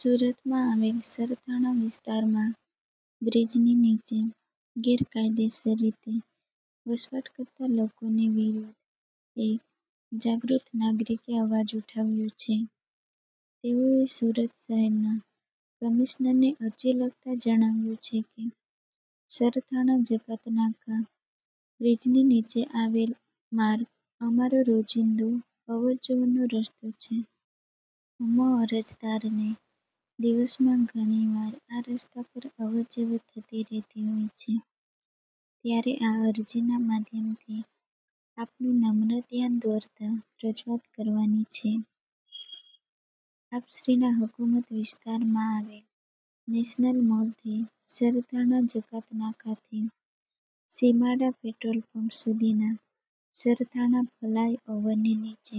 સુરતમાં આવેલ સરથાણા વિસ્તારમાં બ્રિજની નીચે ગેરકાયદેસર રીતે વસવાટ કરતાં લોકોની વિરુદ્ધ એક જાગૃત નાગરિકે અવાજ ઉઠાવ્યો છે. તેઓએ સુરત શહેરના કમિશનરને અરજી લખતા જણાવ્યું છે કે, સરથાણા જકાતનાકા બ્રીજની નીચે આવેલ માર્ગ અમારો રોજિંદો અવર-જવરનો રસ્તો છે. અમો અરજદારને દિવસમાં ઘણીવાર આ રસ્તા પર અવર-જવર થતી રહેતી હોય છે ત્યારે આ અરજીના માધ્યમથી આપનું નમ્ર ધ્યાન દોરતા રજૂઆત કરવાની છે. આપશ્રીના હકૂમત વિસ્તારમાં આવેલ નેશનલ મોલથી સરથાણા જકાતનાકાથી સીમાડા પેટ્રોલપંપ સુધીના સરથાણા ફલાય ઓવરની નીચે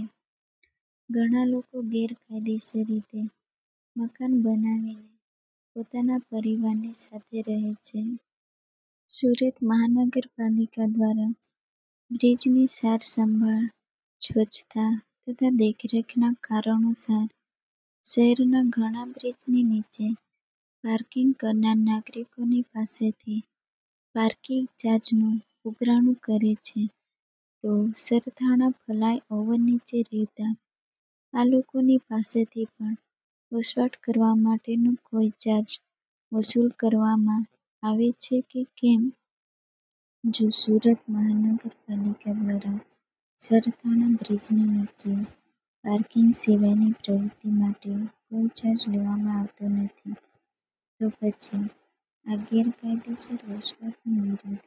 ઘણા લોકો ગેરકાયદેસર રીતે મકાન બનાવીને પોતાના પરિવારની સાથે રહે છે. સુરત મહાનગરપાલિકા દ્વારા બ્રિજની સારસંભાળ, સ્વચ્છતા તથા દેખરેખના કારણોસાર શહેરના ઘણાં બ્રિજની નીચે પાર્કિંગ કરનાર નાગરિકોની પાસેથી પાર્કિંગ ચાર્જનું ઉઘરાણું કરે છે તો સરથાણા ફલાય ઓવર નીચે રહેતા આ લોકોની પાસેથી પણ વસવાટ કરવા માટેનો કોઈ ચાર્જ વસૂલ કરવામાં આવે છે કે કેમ? જો સુરત મહાનગરપાલિકા દ્વારા સરથાણા બ્રિજની નીચે પાર્કિંગ સિવાયની પ્રવૃતિ માટે કોઈ ચાર્જ લેવામા આવતો નથી તો પછી આ ગેરકાયદેસર વસવાટની વિરુદ્ધ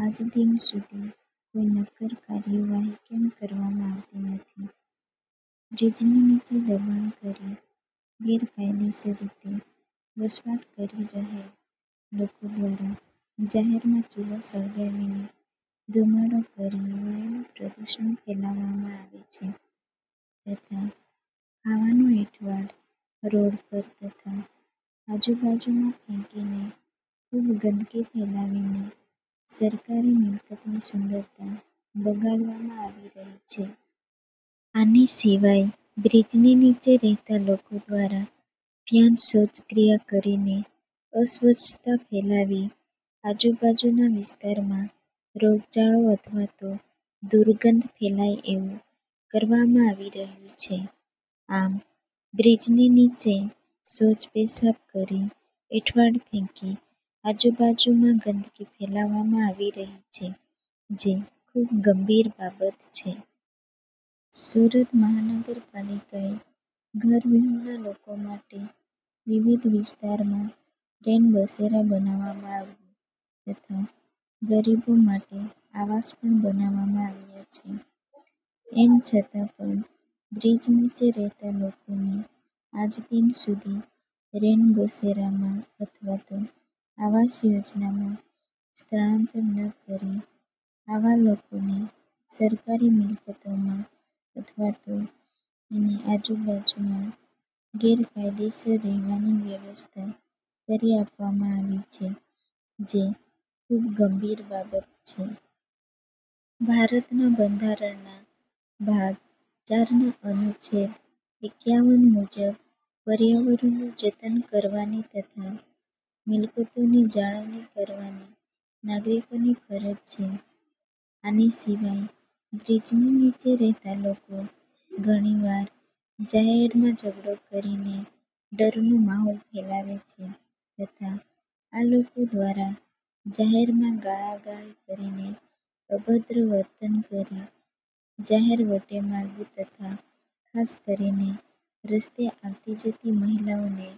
આજદિન સુધી કોઈ નક્કર કાર્યવાહી કેમ કરવામાં આવતી નથી? બ્રિજની નીચે દબાણ કરી ગેરકાયદેસર રીતે વસવાટ કરી રહેલ લોકો દ્વારા જાહેરમાં ચુલો સળગાવીને ધુમાડો કરી વાયુનું પ્રદૂષણ ફેલાવવામાં આવે છે તથા ખાવાનો એંઠવાડ રોડ પર તથા આજુબાજુમાં ફેંકીને ખુબ ગંદકી ફેલાવીને સરકારી મિલકતની સુંદરતા બગાડવામાં આવી રહી છે. આની સિવાય બ્રિજની નીચે રહેતા લોકો દ્વારા ત્યાં જ શૌચક્રિયા કરીને અસ્વચ્છતા ફેલાવી આજુબાજુના વિસ્તારમાં રોગચાળો અથવા તો દુર્ગંધ ફેલાય એવું કરવામાં આવી રહ્યું છે. આમ, બ્રિજની નીચે શૌચ-પેશાબ કરી, એંઠવાડ ફેંકી આજુબાજુમાં ગંદકી ફેલાવવામાં આવી રહી છે જે ખુબ ગંભીર બાબત છે. સુરત મહાનગરપાલિકાએ ઘરવિહોણા લોકો માટે વિવિધ વિસ્તારમાં રેન બસેરા બનાવવામાં આવ્યુ તથા ગરીબો માટે આવાસ પણ બનાવવામાં આવ્યા છે. એમ છતાં પણ બ્રિજ નીચે રહેતા લોકોને આજદિન સુધી રેનબસેરામાં અથવા તો આવાસ યોજનામાં સ્થળાંતર ન કરી, આવા લોકોને સરકારી મિકલતોમાં અથવા તો એની આજુબાજુમાં ગેરકાયદેસર રહેવાની વ્યવસ્થા કરી આપવામાં આવી છે જે ખુબ ગંભીર બાબત છે. ભારતના બંધારણના ભાગ ચાર ના અનુચ્છેદ એક્યાવન મુજબ પર્યાવરણનું જતન કરવાની તથા મિલકતોની જાળવણી કરવાની નાગરિકોની ફરજ છે. આની સિવાય બ્રિજની નીચે રહેતાં લોકો ઘણીવાર જાહેરમાં ઝઘડો કરીને ડરનો માહોલ ફેલાવે છે તથા આ લોકો દ્વારા જાહેરમાં ગાળાગાળી કરીને અભદ્ર વર્તન કરી જાહેર વટેમાર્ગુ તથા ખાસ કરીને રસ્તે આવતી-જતી મહિલાઓને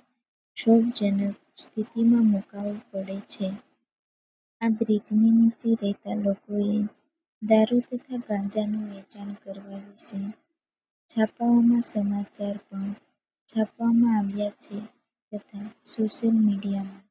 ક્ષોભજનક સ્થિતિમાં મુકાવું પડે છે. આ બ્રિજની નીચે રહેતા લોકોએ દારૂ તથા ગાંજાનું વેચાણ કરવા વિશે છાપાઓમાં સમાચાર પણ છાપવામાં આવ્યાં છે તથા સોશિયલ મીડીયામાં